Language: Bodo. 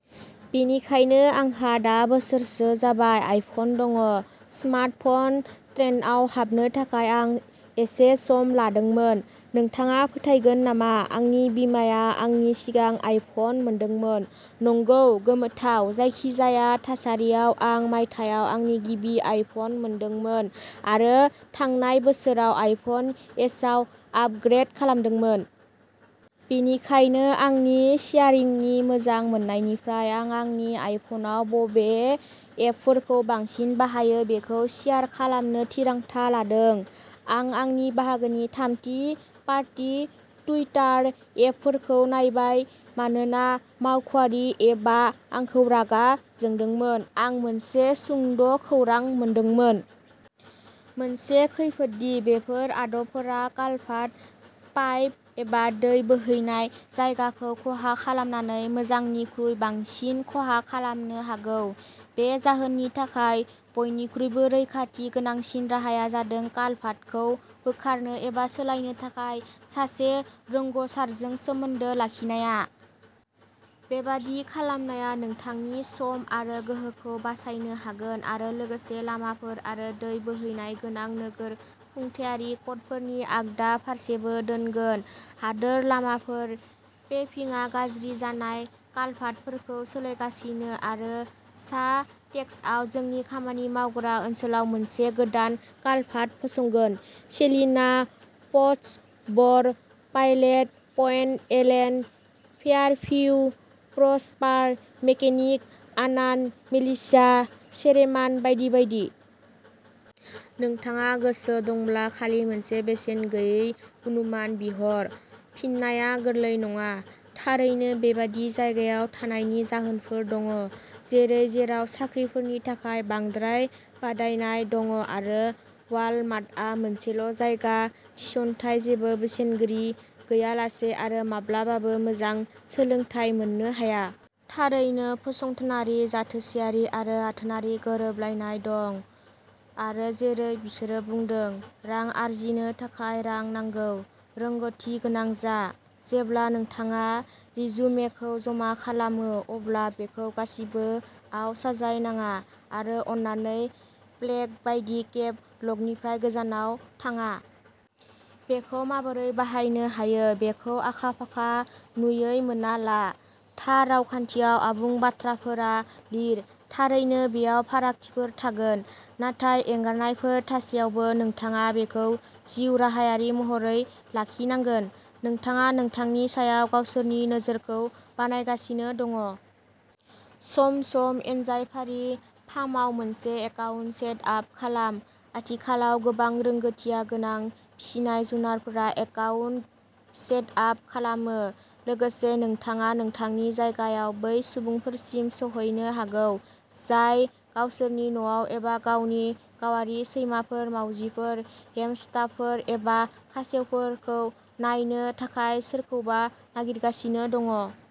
बेनिखायनो आंहा दा बोसोरसो जाबाय आइफन दं। स्मार्टफन ट्रेन्डआव हाबनो थाखाय आं एसे सम लादोंमोन। नोंथाङा फोथायगोन नामा आंनि बिमाया आंनि सिगां आइफन मोनदोंमोन? नंगौ, गोमोथाव। जायखिजाया थासारियाव, आं मायथाइयाव आंनि गिबि आइफन, मोनदोंमोन आरो थांनाय बोसोराव आइफन एसआव आपग्रेड खालामदोंमोन। बेनिखायनो, आंनि शेयारिंनि मोजां मोन्नायनिफ्राय आं आंनि आइफनआव बबे एपफोरखौ बांसिन बाहायो बेखौ शेयार खालामनो थिरांथा लादों। आं आंनि बाहागोनि थामथि-पार्टि टुइटार एपफोरखौ नायबाय, मानोना मावख'आरि एपआ आंखौ रागा जोंदोंमोन। आं मोनसे सुंद'खौरां मोनदोंमोन। मोनसे खैफोद दि बेफोर आदबफोरा कालभार्ट पाइप एबा दै बोहैनाय जायगाखौ खहा खालामनानै मोजांनिख्रुइ बांसिन खहा खालामनो हागौ। बे जाहोननि थाखाय, बयनिख्रुइबो रैखाथि गोनांसिन राहाया जादों कालभार्टखौ बोखारनो एबा सोलायनो थाखाय सासे रोंग'सारजों सोमोन्दो लाखिनाया। बेबादि खालामनाया नोंथांनि सम आरो गोहोखौ बासायनो हागोन आरो लोगोसे लामाफोर आरो दै बोहैनाय गोनां नोगोर खुंथायारि क'डफोरनि आगदा फारसेबो दोनगोन। हादोर लामाफोर पेभिंआ गाज्रि जानाय कालभार्टफोरखौ सोलायगासिनो आरो सा टेक्सासआव जोंनि खामानि मावग्रा ओनसोलाव मोनसे गोदान कालभार्ट फसंगोन-सेलिना, Pottsboro', Pilot Point, Allen, Fairview, Prosper, McKinney, Anna, Melissa, Sherman, बायदि बायदि। नोंथाङा गोसो दंब्ला खालि मोनसे बेसेन गैयै अनुमान बिहर। फिननाया गोरलै नङा। थारैनो, बेबादि जायगायाव थानायनि जाहोनफोर दं, जेरै जेराव साख्रिफोरनि थाखाय बांद्राय बादायनाय दं आरो वालमार्टआ मोनसेल'जायगा थिसनथाय, जेबो बोसोनगिरि गैयालासे, आरो माब्लाबाबो मोजां सोलोंथाय मोननो हाया। थारैनो, फसंथानारि जाथोसेयारि आरो आथोनारि गोरोबलायनाय दं, आरो जेरै बिसोरो बुंदों, रां आर्जिनो थाखाय रां नांगौ। रोंग'थि गोनां जा। जेब्ला नोंथाङा रिजुमेखौ जमा खालामो, अब्ला बेखौ गासिबो आव साजायनाङा आरो अन्नानै प्लेग बायदि केप लकनिफ्राय गोजानाव थाङा। बेखौ माबोरै बाहायनो हायो बेखौ आखा-फाखा नुयै मोनना ला। थार रावखान्थियाव आबुं बाथ्राफोराव लिर। थारैनो, बेयाव फारागथिफोर थागोन, नाथाय एंगारनायफोर थासेयावबो, नोंथाङा बेखौ जिउराहायारि महरै लाखिनांगोन। नोंथाङा नोंथांनि सायाव गावसोरनि नोजोरखौ बानायगासिनो दं। सम-सम एन्जाय फार्रि फार्माव मोनसे एकाउन्ट सेट आप खालाम? आथिखालाव, गोबां रोंग'थि गोनां फिसिनाय-जुनारफोरा एकाउन्ट सेट आप खालामो। लोगोसे, नोंथाङा नोंथांनि जायगायाव बै सुबुंफोरसिम सौहैनो हागौ, जाय गावसोरनि न'आव एबा गावनि गावारि सैमाफोर, मावजिफोर, हेमस्टारफोर, एबा खासेवफोरखौ नायनो थाखाय सोरखौबा नागिरगासिनो दं।